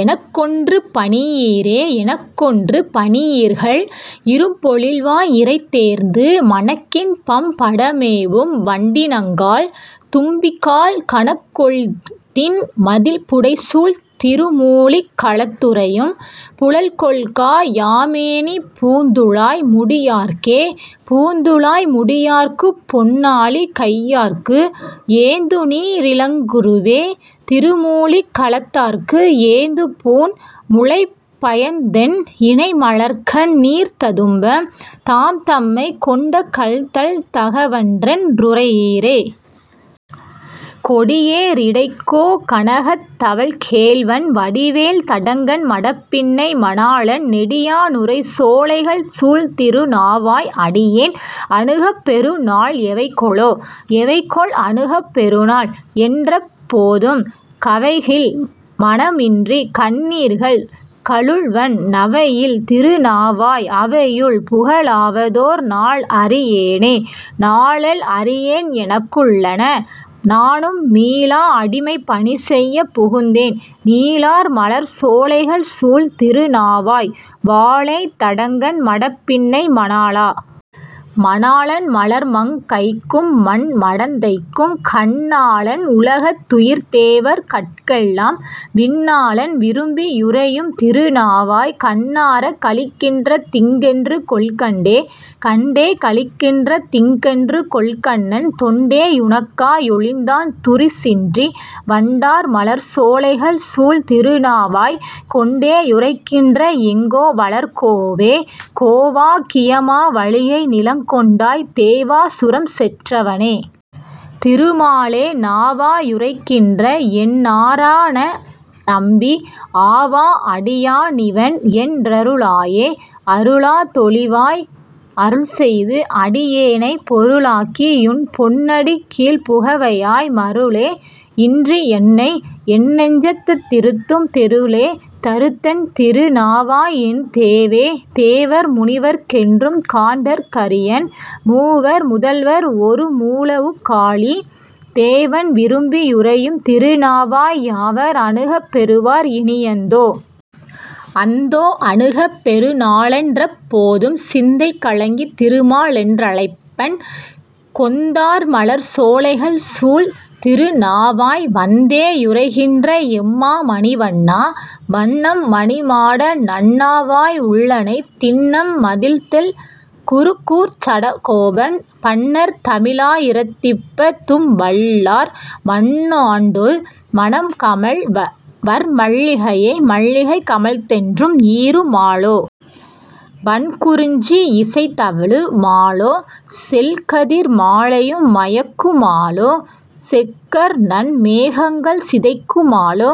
எனக்கொன்று பணியீரே.. எனக்கொன்று பணியீர்கள் இரும்பொழில்வாய் இரைதேர்ந்து, மனக்கின்பம் படமேவும் வண்டினங்காள். தும்பிகாள், கனக்கொள்திண் மதிள்புடைசூழ் திருமூழிக் களத்துறையும், புனல்கொள்கா யாமேனிப் பூந்துழாய் முடியார்க்கே.. பூந்துழாய் முடியார்க்குப் பொன்னாழி கையார்க்கு, ஏந்துநீ ரிளங்குருகே. திருமூழிக் களத்தார்க்கு, ஏந்துபூண் முலைப்பயந்தென் இணைமலர்க்கண் ணீர்ததும்ப, தாம்தம்மைக் கொண்டகல்தல் தகவன்றென் றுரையீரே.. கொடியே ரிடைக்கோ கனகத் தவள்கேள்வன், வடிவேல் தடங்கண் மடப்பின்னை மணாளன், நெடியா னுறைசோ லைகள்சூழ் திருநாவாய், அடியேன் அணுகப் பெறு நாள் எவைகொலொ.. எவைகொல் அணுகப் பெறுநாள்? என் றெப்போதும், கவையில் மனமின்றிக் கண்ணீர்கள் கலுழ்வன், நவையில் திருநாவாய், அவையுள் புகலாவ தோர்நாள் அறியேனே.. நாளெல் அறியேன் எனக்குள் ளன, நானும் மீளா அடிமைப் பணிசெய்யப் புகுந்தேன், நீளார் மலர்சோ லைகள்சுழ் திருநாவாய், வாளேய் தடங்கண் மடப்பின்னை மணாளா.. மணாளன் மலர்மங் கைக்கும்மண் மடந்தைக்கும், கண்ணாளன் உலகத் துயிர்தேவர் கட்கெல்லாம், விண்ணாளன் விரும்பி யுறையும் திருநாவாய், கண்ணாரக் களிக்கின்ற திங்கென்று கொல்கண்டே?. கண்டே களிக்கின்ற திங்கென்று கொல்கண்கள், தொண்டே யுனக்கா யொழிந்தான் துரிசின்றி, வண்டார் மலர்சோ லைகள்சுழ் திருநாவாய், கொண்டே யுறைகின்ற எங்கோ வலர்கோவே.. கோவா கியமா வலியை நிலங்கொண்டாய், தேவா சுரம்செற் றவனே. திருமாலே, நாவா யுறைகின்ற என்நா ரணநம்பீ, ஆவா அடியா னிவன் என் றருளாயே.. அருளா தொழிவாய் அருள்செய்து, அடியேனைப் பொருளாக்கி யுன்பொன் னடிக்கீழ்ப் புகவைப்பாய், மருளே யின்றியுன்னை என்னெஞ்சத் திருத்தும், தெருளே தருதென் திருநாவாய் என்தேவே.. தேவர் முனிவர்க் கென்றும்காண் டற்கரியன், மூவர் முதல்வன் ஒருமூ வுலகாளி, தேவன் விரும்பி யுறையும் திருநாவாய், யாவர் அணுகப் பெறுவார் இனியந்தோ.. அந்தோ. அணுகப் பெறுநாளென் றெப்போதும், சிந்தை கலங்கித் திருமாலென் றழைப்பன், கொந்தார் மலர்சோ லைகள்சுழ் திருநாவாய், வந்தே யுறைகின்ற எம்மா மணிவண்ணா. வண்ணம் மணிமாட நன்னாவாய் உள்ளனை, திண்ணம் மதிள்தென் குருகூர்ச் சடகோபன், பண்ணர் தமிழா யிரத்திப்பத் தும்வல்லார், மண்ணாண்டு மணம்கமழ் வர்மல்லிகையே. மல்லிகை கமழ்தென்றல் ஈரு மாலோ. வண்குறிஞ் சியிசை தவழு மாலோ, செல்கதிர் மாலையும் மயக்கு மாலோ. செக்கர்நன் மேகங்கள் சிதைக்கு மாலோ,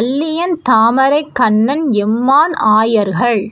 அல்லியந் தாமரைக் கண்ணன் எம்மான் ஆயர்கள்